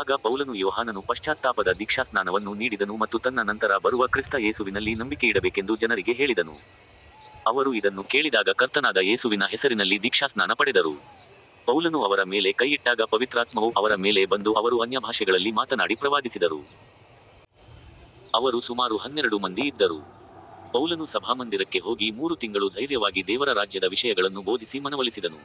ಆಗ ಪೌಲನು ಯೋಹಾನನು ಪಶ್ಚಾತ್ತಾಪದ ದೀಕ್ಷಾಸ್ನಾನವನ್ನು ನೀಡಿದನು ಮತ್ತು ತನ್ನ ನಂತರ ಬರುವ ಕ್ರಿಸ್ತ ಯೇಸುವಿನಲ್ಲಿ ನಂಬಿಕೆಯಿಡಬೇಕೆಂದು ಜನರಿಗೆ ಹೇಳಿದನು. ಅವರು ಇದನ್ನು ಕೇಳಿದಾಗ ಕರ್ತನಾದ ಯೇಸುವಿನ ಹೆಸರಿನಲ್ಲಿ ದೀಕ್ಷಾಸ್ನಾನ ಪಡೆದರು. ಪೌಲನು ಅವರ ಮೇಲೆ ಕೈಯಿಟ್ಟಾಗ ಪವಿತ್ರಾತ್ಮವು ಅವರ ಮೇಲೆ ಬಂದು ಅವರು ಅನ್ಯಭಾಷೆಗಳಲ್ಲಿ ಮಾತನಾಡಿ ಪ್ರವಾದಿಸಿದರು. ಅವರು ಸುಮಾರು ಹನ್ನೆರಡು ಮಂದಿ ಇದ್ದರು. ಪೌಲನು ಸಭಾಮಂದಿರಕ್ಕೆ ಹೋಗಿ ಮೂರು ತಿಂಗಳು ಧೈರ್ಯವಾಗಿ ದೇವರ ರಾಜ್ಯದ ವಿಷಯಗಳನ್ನು ಬೋಧಿಸಿ ಮನವೊಲಿಸಿದನು.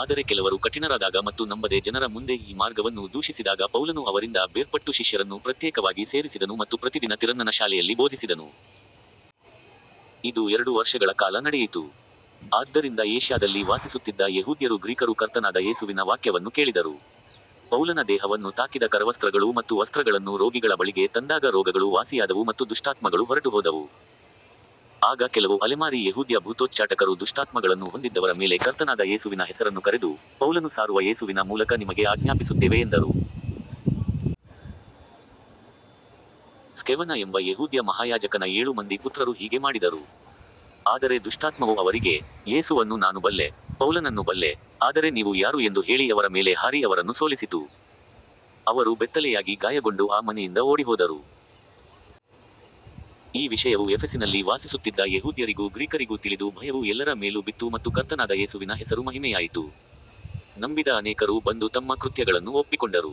ಆದರೆ ಕೆಲವರು ಕಠಿಣರಾದಾಗ ಮತ್ತು ನಂಬದೆ ಜನರ ಮುಂದೆ ಈ ಮಾರ್ಗವನ್ನು ದೂಷಿಸಿದಾಗ ಪೌಲನು ಅವರಿಂದ ಬೇರ್ಪಟ್ಟು ಶಿಷ್ಯರನ್ನು ಪ್ರತ್ಯೇಕವಾಗಿ ಸೇರಿಸಿದನು ಮತ್ತು ಪ್ರತಿದಿನ ತಿರನ್ನನ ಶಾಲೆಯಲ್ಲಿ ಬೋಧಿಸಿದನು. ಇದು ಎರಡು ವರ್ಷಗಳ ಕಾಲ ನಡೆಯಿತು. ಆದ್ದರಿಂದ ಏಷ್ಯಾದಲ್ಲಿ ವಾಸಿಸುತ್ತಿದ್ದ ಯೆಹೂದ್ಯರೂ ಗ್ರೀಕರೂ ಕರ್ತನಾದ ಯೇಸುವಿನ ವಾಕ್ಯವನ್ನು ಕೇಳಿದರು. ಪೌಲನ ದೇಹವನ್ನು ತಾಕಿದ ಕರವಸ್ತ್ರಗಳು ಮತ್ತು ವಸ್ತ್ರಗಳನ್ನು ರೋಗಿಗಳ ಬಳಿಗೆ ತಂದಾಗ ರೋಗಗಳು ವಾಸಿಯಾದವು ಮತ್ತು ದುಷ್ಟಾತ್ಮಗಳು ಹೊರಟುಹೋದವು. ಆಗ ಕೆಲವು ಅಲೆಮಾರಿ ಯೆಹೂದ್ಯ ಭೂತೋಚ್ಚಾಟಕರು ದುಷ್ಟಾತ್ಮಗಳನ್ನು ಹೊಂದಿದ್ದವರ ಮೇಲೆ ಕರ್ತನಾದ ಯೇಸುವಿನ ಹೆಸರನ್ನು ಕರೆದು, ಪೌಲನು ಸಾರುವ ಯೇಸುವಿನ ಮೂಲಕ ನಿಮಗೆ ಆಜ್ಞಾಪಿಸುತ್ತೇವೆ ಎಂದರು. ಸ್ಕೆವನ ಎಂಬ ಯೆಹೂದ್ಯ ಮಹಾಯಾಜಕನ ಏಳು ಮಂದಿ ಪುತ್ರರೂ ಹೀಗೆ ಮಾಡಿದರು. ಆದರೆ ದುಷ್ಟಾತ್ಮವು ಅವರಿಗೆ, ಯೇಸುವನ್ನು ನಾನು ಬಲ್ಲೆ, ಪೌಲನನ್ನೂ ಬಲ್ಲೆ, ಆದರೆ ನೀವು ಯಾರು ಎಂದು ಹೇಳಿ ಅವರ ಮೇಲೆ ಹಾರಿ ಅವರನ್ನು ಸೋಲಿಸಿತು. ಅವರು ಬೆತ್ತಲೆಯಾಗಿ ಗಾಯಗೊಂಡು ಆ ಮನೆಯಿಂದ ಓಡಿಹೋದರು. ಈ ವಿಷಯವು ಎಫೆಸಿನಲ್ಲಿ ವಾಸಿಸುತ್ತಿದ್ದ ಯೆಹೂದ್ಯರಿಗೂ ಗ್ರೀಕರಿಗೂ ತಿಳಿದು ಭಯವು ಎಲ್ಲರ ಮೇಲೂ ಬಿತ್ತು ಮತ್ತು ಕರ್ತನಾದ ಯೇಸುವಿನ ಹೆಸರು ಮಹಿಮೆಯಾಯಿತು. ನಂಬಿದ ಅನೇಕರು ಬಂದು ತಮ್ಮ ಕೃತ್ಯಗಳನ್ನು ಒಪ್ಪಿಕೊಂಡರು.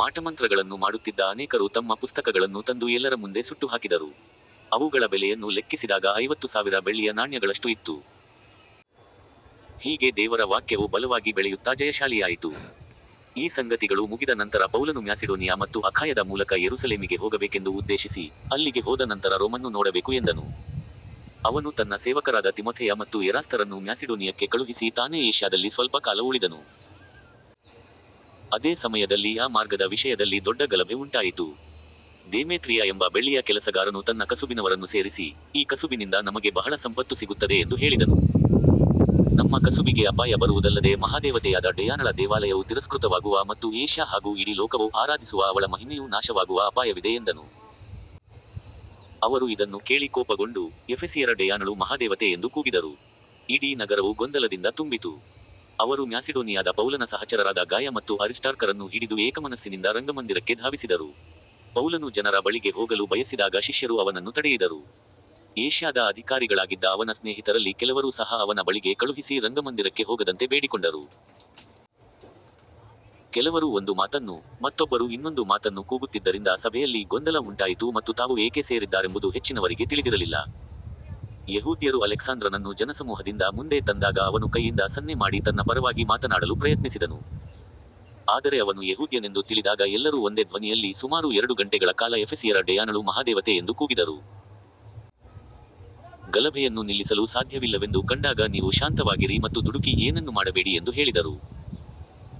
ಮಾಟಮಂತ್ರಗಳನ್ನು ಮಾಡುತ್ತಿದ್ದ ಅನೇಕರು ತಮ್ಮ ಪುಸ್ತಕಗಳನ್ನು ತಂದು ಎಲ್ಲರ ಮುಂದೆ ಸುಟ್ಟುಹಾಕಿದರು. ಅವುಗಳ ಬೆಲೆಯನ್ನು ಲೆಕ್ಕಿಸಿದಾಗ ಐವತ್ತು ಸಾವಿರ ಬೆಳ್ಳಿಯ ನಾಣ್ಯಗಳಷ್ಟು ಇತ್ತು. ಹೀಗೆ ದೇವರ ವಾಕ್ಯವು ಬಲವಾಗಿ ಬೆಳೆಯುತ್ತಾ ಜಯಶಾಲಿಯಾಯಿತು. ಈ ಸಂಗತಿಗಳು ಮುಗಿದ ನಂತರ ಪೌಲನು ಮ್ಯಾಸಿಡೋನಿಯಾ ಮತ್ತು ಅಖಾಯದ ಮೂಲಕ ಯೆರೂಸಲೇಮಿಗೆ ಹೋಗಬೇಕೆಂದು ಉದ್ದೇಶಿಸಿ, ಅಲ್ಲಿಗೆ ಹೋದ ನಂತರ ರೋಮನ್ನೂ ನೋಡಬೇಕು ಎಂದನು. ಅವನು ತನ್ನ ಸೇವಕರಾದ ತಿಮೊಥೆಯ ಮತ್ತು ಎರಾಸ್ತರನ್ನು ಮ್ಯಾಸಿಡೋನಿಯಕ್ಕೆ ಕಳುಹಿಸಿ ತಾನೇ ಏಷ್ಯಾದಲ್ಲಿ ಸ್ವಲ್ಪ ಕಾಲ ಉಳಿದನು. ಅದೇ ಸಮಯದಲ್ಲಿ ಆ ಮಾರ್ಗದ ವಿಷಯದಲ್ಲಿ ದೊಡ್ಡ ಗಲಭೆ ಉಂಟಾಯಿತು. ದೇಮೇತ್ರಿಯ ಎಂಬ ಬೆಳ್ಳಿಯ ಕೆಲಸಗಾರನು ತನ್ನ ಕಸುಬಿನವರನ್ನು ಸೇರಿಸಿ, ಈ ಕಸುಬಿನಿಂದ ನಮಗೆ ಬಹಳ ಸಂಪತ್ತು ಸಿಗುತ್ತದೆ ಎಂದು ಹೇಳಿದನು. ನಮ್ಮ ಕಸುಬಿಗೆ ಅಪಾಯ ಬರುವುದಲ್ಲದೆ ಮಹಾದೇವತೆಯಾದ ಡಯಾನಳ ದೇವಾಲಯವು ತಿರಸ್ಕೃತವಾಗುವ ಮತ್ತು ಏಷ್ಯಾ ಹಾಗೂ ಇಡೀ ಲೋಕವು ಆರಾಧಿಸುವ ಅವಳ ಮಹಿಮೆಯು ನಾಶವಾಗುವ ಅಪಾಯವಿದೆ ಎಂದನು. ಅವರು ಇದನ್ನು ಕೇಳಿ ಕೋಪಗೊಂಡು, ಎಫೆಸಿಯರ ಡಯಾನಳು ಮಹಾದೇವತೆ ಎಂದು ಕೂಗಿದರು. ಇಡೀ ನಗರವು ಗೊಂದಲದಿಂದ ತುಂಬಿತು. ಅವರು ಮ್ಯಾಸಿಡೋನಿಯಾದ ಪೌಲನ ಸಹಚರರಾದ ಗಾಯ ಮತ್ತು ಅರಿಸ್ಟಾರ್ಕರನ್ನು ಹಿಡಿದು ಏಕಮನಸ್ಸಿನಿಂದ ರಂಗಮಂದಿರಕ್ಕೆ ಧಾವಿಸಿದರು. ಪೌಲನು ಜನರ ಬಳಿಗೆ ಹೋಗಲು ಬಯಸಿದಾಗ ಶಿಷ್ಯರು ಅವನನ್ನು ತಡೆಯಿದರು. ಏಷ್ಯಾದ ಅಧಿಕಾರಿಗಳಾಗಿದ್ದ ಅವನ ಸ್ನೇಹಿತರಲ್ಲಿ ಕೆಲವರು ಸಹ ಅವನ ಬಳಿಗೆ ಕಳುಹಿಸಿ ರಂಗಮಂದಿರಕ್ಕೆ ಹೋಗದಂತೆ ಬೇಡಿಕೊಂಡರು. ಕೆಲವರು ಒಂದು ಮಾತನ್ನು, ಮತ್ತೊಬ್ಬರು ಇನ್ನೊಂದು ಮಾತನ್ನು ಕೂಗುತ್ತಿದ್ದರಿಂದ ಸಭೆಯಲ್ಲಿ ಗೊಂದಲ ಉಂಟಾಯಿತು ಮತ್ತು ತಾವು ಏಕೆ ಸೇರಿದ್ದಾರೆಂಬುದು ಹೆಚ್ಚಿನವರಿಗೆ ತಿಳಿದಿರಲಿಲ್ಲ. ಯೆಹೂದ್ಯರು ಅಲೆಕ್ಸಾಂದ್ರನನ್ನು ಜನಸಮೂಹದಿಂದ ಮುಂದೆ ತಂದಾಗ ಅವನು ಕೈಯಿಂದ ಸನ್ನೆ ಮಾಡಿ ತನ್ನ ಪರವಾಗಿ ಮಾತನಾಡಲು ಪ್ರಯತ್ನಿಸಿದನು. ಆದರೆ ಅವನು ಯೆಹೂದ್ಯನೆಂದು ತಿಳಿದಾಗ ಎಲ್ಲರೂ ಒಂದೇ ಧ್ವನಿಯಲ್ಲಿ ಸುಮಾರು ಎರಡು ಗಂಟೆಗಳ ಕಾಲ ಎಫೆಸಿಯರ ಡಯಾನಳು ಮಹಾದೇವತೆ ಎಂದು ಕೂಗಿದರು. ಗಲಭೆಯನ್ನು ನಿಲ್ಲಿಸಲು ಸಾಧ್ಯವಿಲ್ಲವೆಂದು ಕಂಡಾಗ ನೀವು ಶಾಂತವಾಗಿರಿ ಮತ್ತು ದುಡುಕಿ ಏನನ್ನೂ ಮಾಡಬೇಡಿ ಎಂದು ಹೇಳಿದರು.